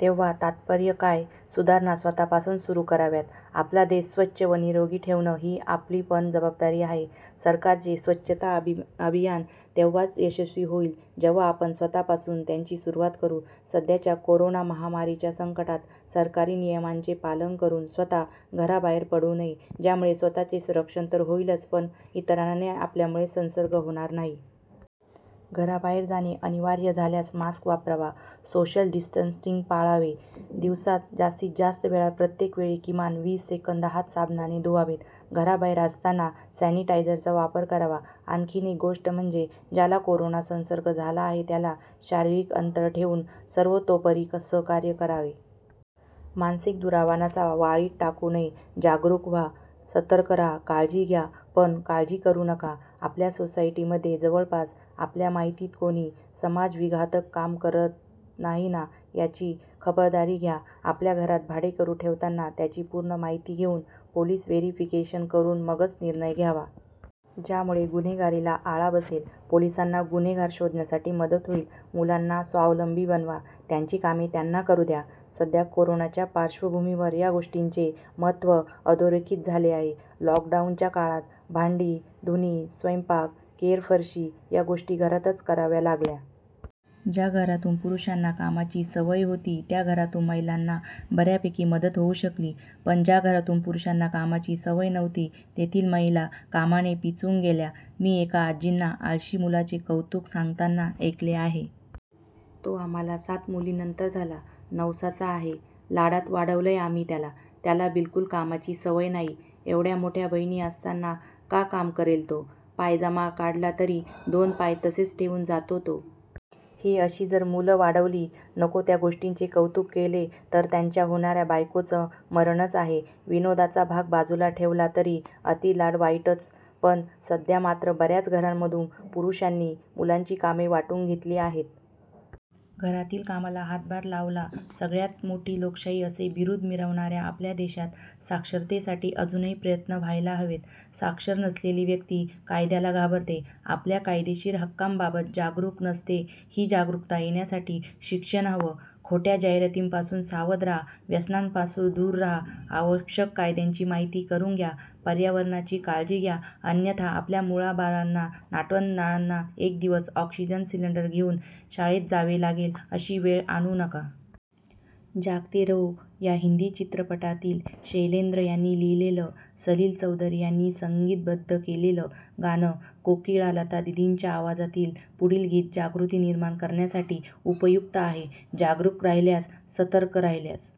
तेव्हा तात्पर्य काय, सुधारणा स्वतःपासून सुरू कराव्यात. आपला देश स्वच्छ व निरोगी ठेवणं ही आपलीपण जबाबदारी आहे. सरकारचे स्वच्छता अभियान तेव्हाच यशस्वी होईल, जेव्हा आपण स्वतःपासून त्याची सुरुवात करू. सध्याच्या कोरोना महामारीच्या संकटात सरकारी नियमांचे पालन करून स्वतः घराबाहेर पडू नये, ज्यामुळे स्वतःचे संरक्षण तर होईलच पण इतरांनाही आपल्यामुळे संसर्ग होणार नाही. घराबाहेर जाणे अनिवार्य झाल्यास मास्क वापरावा, सोशल डिस्टन्सिंग पाळावे, दिवसात जास्तीत जास्त वेळा प्रत्येक वेळी किमान वीस सेकंद हात साबणाने धुवावेत, घराबाहेर असताना सॅनिटायझरचा वापर करावा. आणखीन एक गोष्ट म्हणजे ज्याला कोरोना संसर्ग झाला आहे त्याला शारीरिक अंतर ठेवून सर्वतोपरी सहकार्य करावे. मानसिक दुरावा नसावा. वाळीत टाकू नये. जागरूक व्हा, सतर्क राहा, काळजी घ्या पण काळजी करू नका. आपल्या सोसायटीमध्ये, जवळपास, आपल्या माहितीत कोणी समाजविघातक काम तर करत नाही ना? याची खबरदारी घ्या. आपल्या घरात भाडेकरू ठेवताना त्याची पूर्ण माहिती घेऊन, पोलीस व्हेरिफिकेशन करून मगच निर्णय घ्यावा. ज्यामुळे गुन्हेगारीला आळा बसेल. पोलिसांना गुन्हेगार शोधण्यासाठी मदत होईल. मुलांना स्वावलंबी बनवा. त्यांची कामे त्यांना करू द्या. सध्या कोरोनाच्या पार्श्वभूमीवर या गोष्टीचे महत्त्व अधोरेखित झाले आहे. लॉकडाऊनच्या काळात भांडी, धुणी, स्वयंपाक, केरफरशी या गोष्टी घरातच कराव्या लागल्या. ज्या घरातून पुरुषांना कामाची सवय होती त्या घरात महिलांना बऱ्यापैकी मदत होऊ शकली. पण ज्या घरातून पुरुषांना कामाची सवय नव्हती तेथील महिला कामाने पिचून गेल्या. मी एका आजींना आळशी मुलाचे कौतुक सांगताना ऐकले आहे. तो आम्हाला सात मुलींनंतर झाला. नवसाचा आहे. लाडात वाढवलंय आम्ही त्याला. त्याला बिलकुल कामाची सवय नाही. एवढ्या मोठ्या बहिणी असताना का काम करेल तो? पायजमा काढला तरी दोन पाय तसेच ठेऊन जातो तो. ही अशी जर मुलं वाढवली, नको त्या गोष्टींचे कौतुक केले तर त्यांच्या होणाऱ्या बायकोचं मरणच आहे. विनोदाचा भाग बाजूला ठेवला तरी अतिलाड वाईटच. पण सध्या मात्र बऱ्याच घरांमधून पुरुषांनी, मुलांनी कामे वाटून घेतली आहेत. घरातील कामाला हातभार लावला. सगळ्यात मोठी लोकशाही असे बिरुद मिरवणाऱ्या आपल्या देशात साक्षरतेसाठी अजूनही प्रयत्न व्हायला हवेत. साक्षर नसलेली व्यक्ती कायद्याला घाबरते. आपल्या कायदेशीर हक्कांबाबत जागरूक नसते. ही जागरूकता येण्यासाठी शिक्षण हवं. खोट्या जाहिरातींपासून सावध राहा, व्यसनांपासून दूर राहा, आवश्यक कायद्यांची माहिती करून घ्या, पर्यावरणाची काळजी घ्या अन्यथा आपल्या मुलाबाळांना, नातवंडांना एक दिवस ऑक्सिजन सिलिंडर सोबत घेऊन शाळेत जावे लागेल, अशी वेळ आणू नका. जागते रहो या हिंदी चित्रपटातील शैलेंद्र यांनी लिहिलेलं, सलील चौधरी यांनी संगीतबद्ध केलेलं, गान कोकिळा लता दिदींच्या आवाजातील पुढील गीत जागृती निर्माण करण्यासाठी उपयुक्त आहे. जागरूक राहिल्यास, सतर्क राहिल्यास